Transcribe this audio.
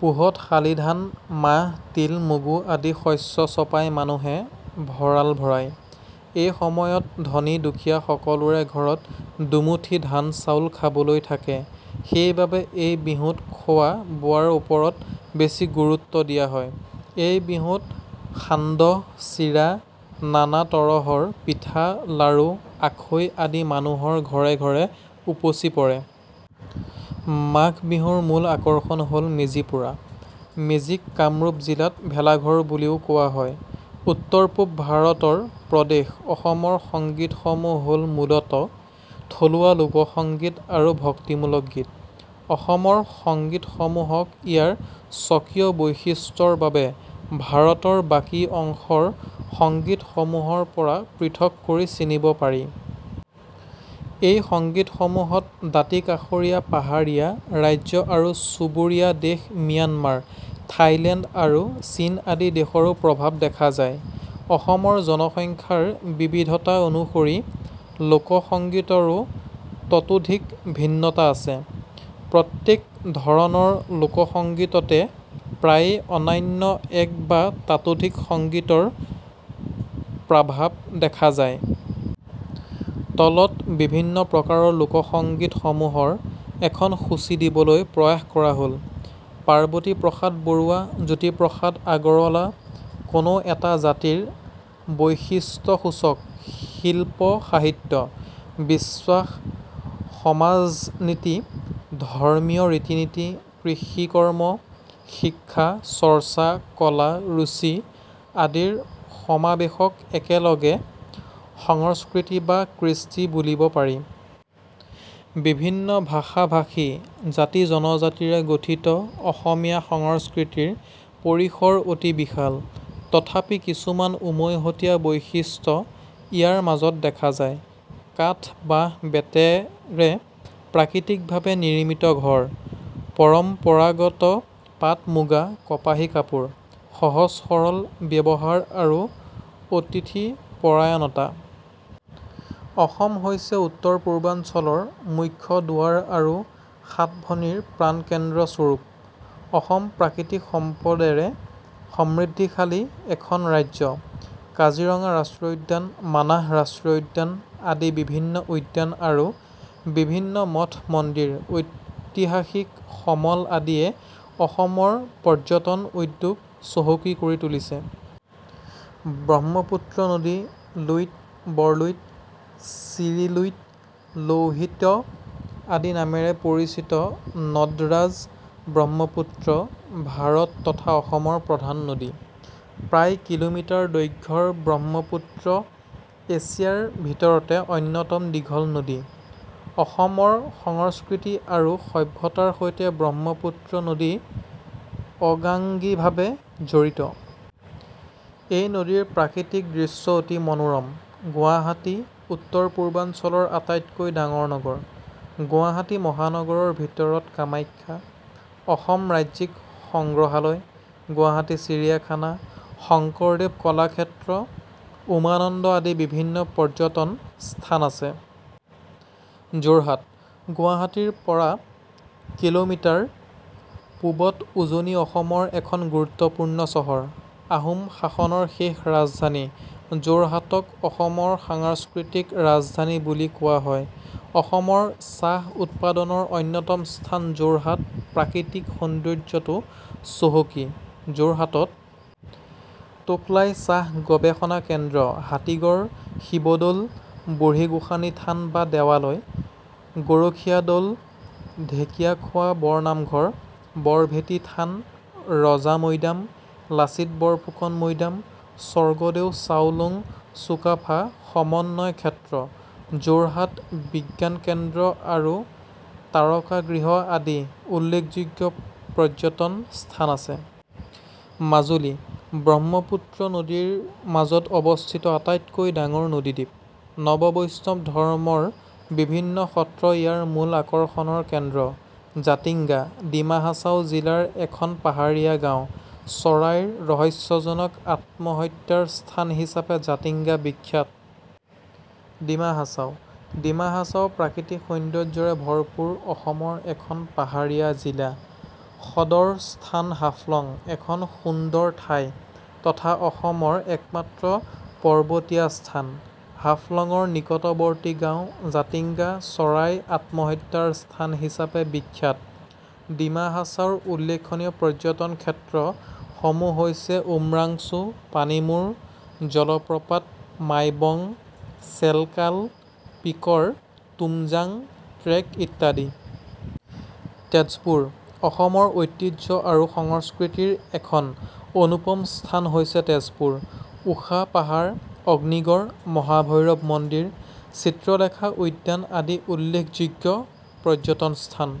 পুহত শালি ধান, মাহ, তিল, মগু, আদি শষ্য চপাই মানুহে ভঁৰাল ভৰায়। এই সময়ত ধনী-দুখীয়া সকলোৰে ঘৰত দুমুঠি ধান-চাউল খাবলৈ থাকে। সেই বাবে এই বিহুত খোৱা বোৱাৰ ওপৰত বেছি গুৰুত্ব দিয়া হয়। এই বিহুত সান্দহ, চিৰা, নানা তৰহৰ পিঠা, লাডু, আখৈ, আদি মানুহৰ ঘৰে ঘৰে উপচি পৰে। মাঘ বিহুৰ মূল আকৰ্ষণ হ'ল মেজি পোৰা। মেজিক কামৰূপ জিলাত ভেলাঘৰ বুলিও কোৱা হয়। উত্তৰ-পূব ভাৰত ৰ প্ৰদেশ অসমৰ সংগীতসমূহ হ'ল মূলতঃ থলুৱা লোকসংগীত আৰু ভক্তিমূলক গীত। অসমৰ সংগীতসমূহক ইয়াৰ স্বকীয় বৈশিষ্ট্যৰ বাবে ভাৰতৰ বাকী অংশৰ সংগীতসমূহৰ পৰা পৃথক কৰি চিনিব পাৰি। এই সংগীতসমূহত দাঁতি-কাষৰীয়া পাহাৰীয়া ৰাজ্য আৰু চুবুৰীয়া দেশ ম্যানমাৰ, থাইলেণ্ড আৰু চীন আদি দেশৰো প্ৰভাৱ দেখা যায়। অসমৰ জনসংখ্যাৰ বিবিধতা অনুসৰি লোকসংগীতৰো ততোধিক ভিন্নতা আছে। প্ৰত্যেক ধৰণৰ লোকসংগীততে প্ৰায়েই অন্যান্য এক বা ততোধিক সংগীতৰ প্ৰাভাৱ দেখা যায়। তলত বিভিন্ন প্ৰকাৰৰ লোকসংগীতসমূহৰ এখন সূচী দিবলৈ প্ৰয়াস কৰা হ'ল। পাৰ্বতি প্ৰসাদ বৰুৱা জ্যোতিপ্ৰসাদ আগৰৱালা কোনো এটা জাতিৰ বৈশিষ্ট্যসূচক শিল্প-সাহিত্য, বিশ্বাস, সমাজনীতি, ধৰ্মীয় ৰীতি-নীতি, কৃষি, কৰ্ম্ম, শিক্ষা, চৰ্চ্চা, কলা, ৰুচি আদিৰ সমাৱেশক একেলগে সংস্কৃতি বা কৃষ্টি বুলিব পাৰি। বিভিন্ন ভাষা-ভাষী, জাতি-জনজাতিৰে গঠিত অসমীয়া সংস্কৃতিৰ পৰিষৰ অতি বিশাল। তথাপি কিছুমান উমৈহতীয়া বৈশিষ্ট্য ইয়াৰ মাজত দেখা যায়। কাঠ, বাঁহ, বেতে ৰে প্ৰাকৃতিকভাৱে নিৰ্মিত ঘৰ। পৰম্পৰাগত পাট-মূগা, কপাহী কাপোৰ। সহজ-সৰল ব্যৱহাৰ আৰু অতিথিপৰায়ণতা। অসম হৈছে উত্তৰ-পূৰ্বাঞ্চল ৰ মুখ্য দুৱাৰ আৰু সাতভনীৰ প্ৰাণকেন্দ্ৰ স্বৰূপ। অসম প্ৰাকৃতিক সম্পদেৰে সমৃদ্ধিশালী এখন ৰাজ্য। কাজিৰঙা ৰাষ্ট্ৰীয় উদ্যান, মানাহ ৰাষ্ট্ৰীয় উদ্যান আদি বিভিন্ন উদ্যান আৰু বিভিন্ন মঠ-মন্দিৰ, ঐতিহাসিক সমল আদিয়ে অসমৰ পৰ্য্যটন উদ্যোগ চহকী কৰি তুলিছে। ব্ৰহ্মপুত্ৰ নদী: লুইত, বৰলুইত, চিৰিলুইত, লৌহিত্য আদি নামেৰে পৰিচিত নদৰাজ ব্ৰহ্মপুত্ৰ ভাৰত তথা অসমৰ প্ৰধান নদী। প্ৰায় কিলোমিটাৰ দৈৰ্ঘ্যৰ ব্ৰহ্মপুত্ৰ এছিয়া ৰ ভিতৰতে অন্যতম দীঘল নদী। অসমৰ সংস্কৃতি আৰু সভ্যতাৰ সৈতে ব্ৰহ্মপুত্ৰ নদী অংগাংগীভাৱে জড়িত। এই নদীৰ প্ৰাকৃতিক দৃশ্য অতি মনোৰম। গুৱাহাটী: উত্তৰ-পূৰ্বাঞ্চল ৰ আটাইতকৈ ডাঙৰ নগৰ। গুৱাহাটী মহানগৰৰ ভিতৰত কামাখ্যা, অসম ৰাজ্যিক সংগ্ৰহালয়, গুৱাহাটী চিৰিয়াখানা, শংকৰদেৱ কলাক্ষেত্ৰ, উমানন্দ আদি বিভিন্ন পৰ্য্যটন স্থান আছে। যোৰহাট: গুৱাহাটী ৰ পৰা কিল'মিটাৰ পূৱত উজনি অসমৰ এখন গুৰুত্বপূৰ্ণ চহৰ। আহোম শাসনৰ শেষ ৰাজধানী যোৰহাটক অসমৰ সাংস্কৃতিক ৰাজধানী বুলি কোৱা হয়। অসমৰ চাহ উৎপাদনৰ অন্যতম স্থান যোৰহাট প্ৰাকৃতিক সৌন্দৰ্য্যতো চহকী। যোৰহাটত টোকোলাই চাহ গৱেষণা কেন্দ্ৰ, হাতীগড় শিৱদ'ল, বুঢ়ীগোসানী থান বা দেৱালয়, গৰখীয়া দ'ল, ঢেঁকীয়াখোৱা বৰ নামঘৰ, বৰভেটি থান, ৰজা মৈদাম, লাচিত বৰফুকন মৈদাম, স্বৰ্গদেউ চাওলুং ছ্যুকাফা সমন্বয় ক্ষেত্ৰ, যোৰহাট বিজ্ঞানকেন্দ্ৰ আৰু তাৰকাগৃহ আদি উল্লেখ্যযোগ্য পৰ্য্যটন স্থান আছে। মাজুলী: ব্ৰহ্মপুত্ৰ নদী ৰ মাজত অৱস্থিত আটাইতকৈ ডাঙৰ নদী দ্বীপ। নৱবৈষ্ণৱ ধৰ্মৰ বিভিন্ন সত্ৰ ইয়াৰ মূল আকৰ্ষণৰ কেন্দ্ৰ। জাতিংগা: ডিমা হাছাও জিলাৰ এখন পাহাৰীয়া গাঁও। চৰাইৰ ৰহস্যজনক আত্মহত্যাৰ স্থান হিচাপে জাতিংগা বিখ্যাত। ডিমা হাছাও: ডিমা হাছাও প্ৰাকৃতিক সৌন্দৰ্য্যৰে ভৰপূৰ অসমৰ এখন পাহাৰীয়া জিলা। সদৰ স্থান হাফলং এখন সুন্দৰ ঠাই তথা অসমৰ একমাত্ৰ পৰ্বতীয়া স্থান। হাফলঙৰ নিকতৱৰ্তী গাঁও জাতিংগা চৰাইৰ আত্মহত্যাৰ স্থান হিচাপে বিখ্যাত। ডিমা হাছাওৰ উল্লেখনীয় পৰ্য্যটন ক্ষেত্ৰ সমূহ হৈছে উমৰাংছু, পানীমূৰ জলপ্ৰপাত, মাইবং, চেলকাল পীকৰ টুমজাং ট্ৰেক ইত্যাদি। তেজপুৰ: অসমৰ ঐতিহ্য আৰু সংস্কৃতিৰ এখন অনুপম স্থান হৈছে তেজপুৰ। উষা পাহাৰ, অগ্নিগড়, মহাভৈৰৱ মন্দিৰ, চিত্ৰলেখা উদ্যান আদি উল্লেখযোগ্য পৰ্য্যটন স্থান।